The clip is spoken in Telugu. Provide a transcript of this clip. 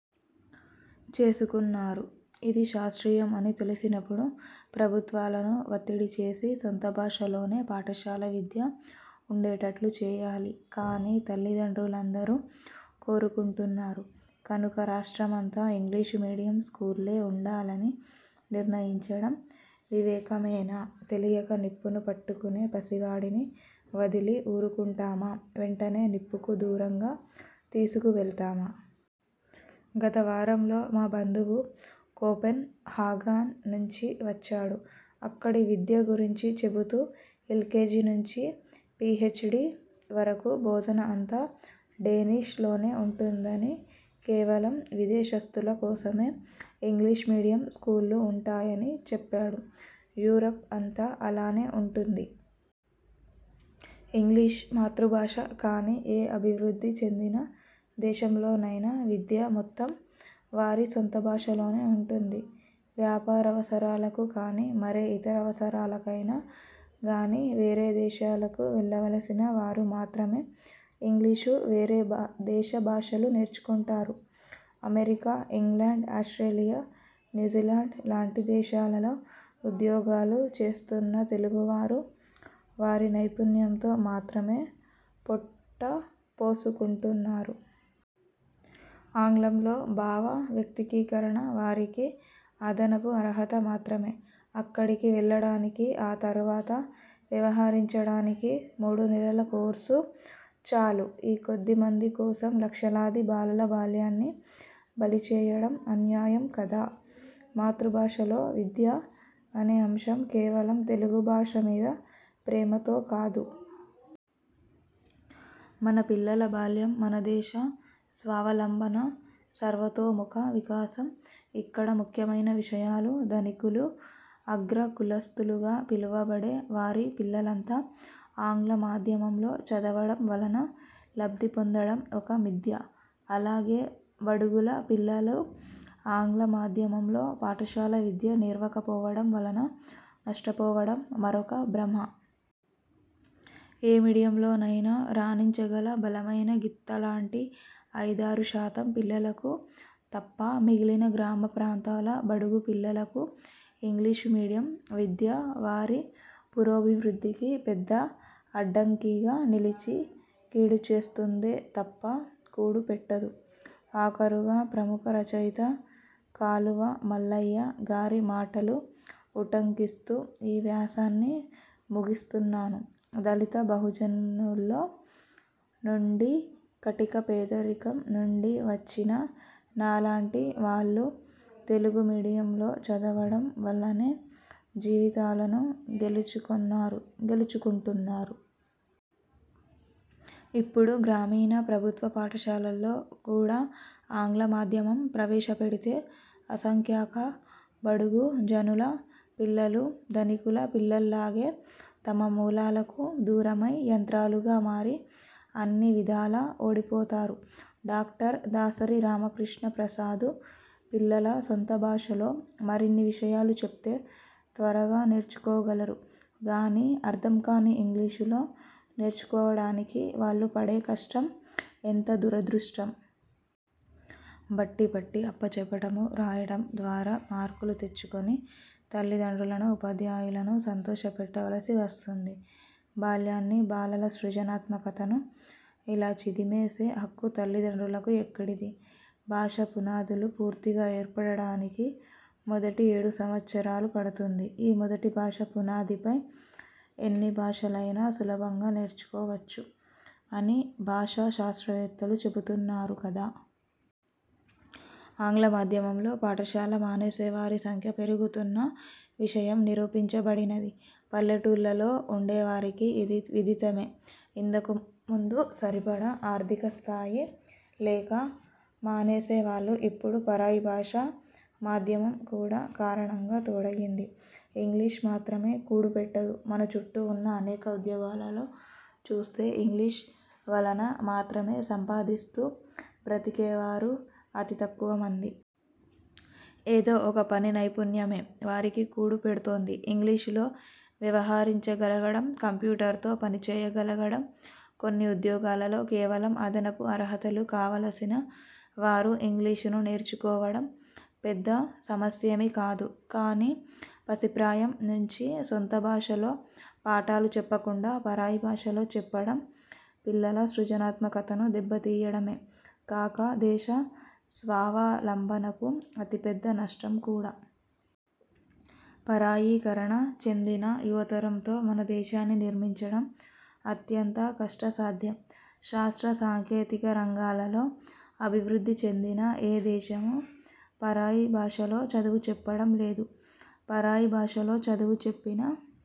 చేసుకున్నారు? ఇది శాస్త్రీయం అని తెలిసినపుడు ప్రభుత్వాలను వత్తిడి చేసి సొంత భాషలోనే పాఠశాల విద్య ఉండేటట్లు చేయాలి కానీ, తల్లిదండ్రులందరూ కోరుకుంటున్నారు కనుక రాష్ట్రమంతా ఇంగ్లీషు మీడియం స్కూళ్ళే ఉండాలని నిర్ణయించడం వివేకమేనా? తెలియక నిప్పును పట్టుకునే పసివాడిని వదలి ఊరుకుంటామా? వెంటనే నిప్పుకు దూరంగా తీసుకువెళ్తామా? గత వారంలో మా బంధువు కోపెన్ హాగాన్ నుంచి వచ్చాడు. అక్కడి విద్య గురించి చెబుతూ ఎల్కేజీ నుంచి పీహెచ్డీ వరకూ బోధన అంతా డేనిష్ లోనే ఉంటుందనీ, కేవలం విదేశస్తుల కోసమే ఇంగ్లీష్ మీడియం స్కూళ్ళు ఉంటాయనీ చెప్పాడు. యూరప్ అంతా అలానే ఉంటుంది. ఇంగ్లీష్ మాతృభాష కాని ఏ అభివృద్ధి చెందిన దేశంలోనైనా విద్య మొత్తం వారి సొంత భాషలోనే ఉంటుంది. వ్యాపారావసరాలకు కానీ, మరే ఇతర అవరసరాలకైనా గానీ వేరే దేశాలకు వెళ్ళవలసిన వారు మాత్రమే ఇంగ్లీషూ, వేరే దేశ భాషలూ నేర్చుకుంటారు. అమెరికా, ఇంగ్లాండ్, ఆస్ట్రేలియా, న్యూజిలాండ్ లాంటి దేశాలలో ఉద్యోగాలు చేస్తున్న తెలుగువారు వారి నైపుణ్యంతో మాత్రమే పొట్టపోసుకుంటున్నారు. ఆంగ్లంలో భావ వ్యక్తీకరణ వారికి అదనపు అర్హత మాత్రమే. అక్కడికి వెళ్ళడానికి, ఆ తర్వాత వ్యవహరించడానికి మూడు నెలల కోర్సు చాలు. ఈ కొద్ది మంది కోసం లక్షలాది బాలల బాల్యాన్ని బలిచేయడం అన్యాయం కాదా? మాతృభాషలో విద్య అనే అంశం కేవలం తెలుగు భాష మీద ప్రేమతో కాదు. మన పిల్లల బాల్యం, మన దేశ స్వావలంబన, సర్వతోముఖ వికాసం ఇక్కడ ముఖ్యమైన విషయాలు. ధనికులు, అగ్ర కులస్తులుగా పిలవబడే వారి పిల్లలంతా ఆంగ్ల మాధ్యమంలో చదవడం వలన లబ్ధి పొందడం ఒక మిథ్య. అలాగే బడుగుల పిల్లలు ఆంగ్ల మాధ్యమంలో పాఠశాల విద్య నేర్వకపోవడం వలన నష్టపోవడం మరొక భ్రమ. ఏ మీడియంలోనైనా రాణించగల బలమైన గిత్తల్లాంటి ఐదారు శాతం పిల్లలకు తప్ప మిగిలిన గ్రామ ప్రాంతాల బడుగు పిల్లలకు ఇంగ్లీష్ మీడియం విద్య వారి పురోభివృద్ధికి పెద్ద అడ్డంకిగా నిలిచి, కీడు చేస్తుందే తప్ప కూడు పెట్టదు. ఆఖరుగా ప్రముఖ రచయిత ''కాలువ మల్లయ్య'' గారి మాటలు ఉటంకిస్తూ ఈ వ్యాసాన్ని ముగిస్తున్నాను: ''దళిత బహుజనుల్లో నుండి, కటిక పేదరికం నుండి వచ్చిన నాలాంటి వాళ్ళు తెలుగు మీడియంలో చదవడం వల్లనే జీవితాలను గెలుచుకొన్నారు, గెలుచుకొంటున్నారు. ఇప్పుడు గ్రామీణ ప్రభుత్వ పాఠశాలల్లో గూడ ఆంగ్ల మాధ్యమం ప్రవేశపెడితే, అసంఖ్యాక బడుగు జనుల పిల్లలు ధనికుల పిల్లల్లాగే తమ మూలాలకు దూరమై, యంత్రాలుగా మారి, అన్ని విధాలా ఓడిపోతారు. ''డాక్టర్ దాసరి రామకృష్ణ ప్రసాదు పిల్లల సొంత భాషలో మరిన్ని విషయాలు చెప్తే త్వరగా నేర్చుకోగలరు గానీ, అర్థంకాని ఇంగ్లీషులో నేర్చుకోవడానికి వాళ్ళు పడే కష్టం ఎంత దురదృష్టం! బట్టీ పట్టి అప్పచెప్పటమూ, రాయడం ద్వారా మార్కులు తెచ్చుకుని తలిదండ్రులనూ, ఉపాధ్యాయులనూ సంతోషపెట్టవలసి వస్తుంది. బాల్యాన్నీ, బాలల సృజనాత్మకతనూ ఇలా చిదిమేసే హక్కు తల్లిదండ్రులకు ఎక్కడిది? ''భాషా పునాదులు పూర్తిగా ఏర్పడటానికి మొదటి ఏడు సంవత్సరాలు పడుతుంది. ఈ మొదటి భాష పునాదిపై ఎన్ని భాషలయినా సులభంగా నేర్చుకోవచ్చు'' అని భాషా శాస్త్రవేత్తలు చెబుతున్నారు కదా! ఆంగ్ల మాధ్యమంలో పాఠశాల మానేసేవారి సంఖ్య పెరుగుతున్న విషయం నిరూపించబడినది. పల్లెటూళ్ళలో ఉండేవారికి ఇది విదితమే! ఇంతకు ముందు సరిపడా ఆర్థిక స్థాయి లేక మానేసేవాళ్ళు; ఇప్పుడు పరాయిభాషా మాధ్యమం కూడా కారణంగా తోడయ్యింది. ఇంగ్లీష్ మాత్రమే కూడు పెట్టదు. మన చుట్టూ ఉన్న అనేక ఉద్యోగాలలో చూస్తే ఇంగ్లీష్ వలన మాత్రమే సంపాదిస్తూ బ్రతికేవారు అతి తక్కువమంది. ఏదో ఒక పని నైపుణ్యమే వారికి కూడు పెడ్తోంది. ఇంగ్లీషులో వ్యవహరించగలగడం, కంప్యూటర్తో పనిచేయగలగడం కొన్ని ఉద్యోగాలలో కేవలం అదనపు అర్హతలు. కావలసిన వారు ఇంగ్లీషును నేర్చుకోవడం పెద్ద సమస్యేమీ కాదు. కానీ పసిప్రాయం నుంచీ సొంత భాషలో పాఠాలు చెప్పకుండా పరాయి భాషలో చెప్పడం పిల్లల సృజనాత్మకతను దెబ్బతీయడమే కాక, దేశ స్వావలంబనకు అతి పెద్ద నష్టం కూడా. పరాయీకరణ చెందిన యువతరంతో మన దేశాన్ని నిర్మించడం అత్యంత కష్ట సాధ్యం. శాస్త్ర, సాంకేతిక రంగాలలో అభివృద్ధి చెందిన ఏ దేశమూ పరాయి భాషలో చదువు చెప్పడం లేదు. పరాయి భాషలో చదువు చెప్పిన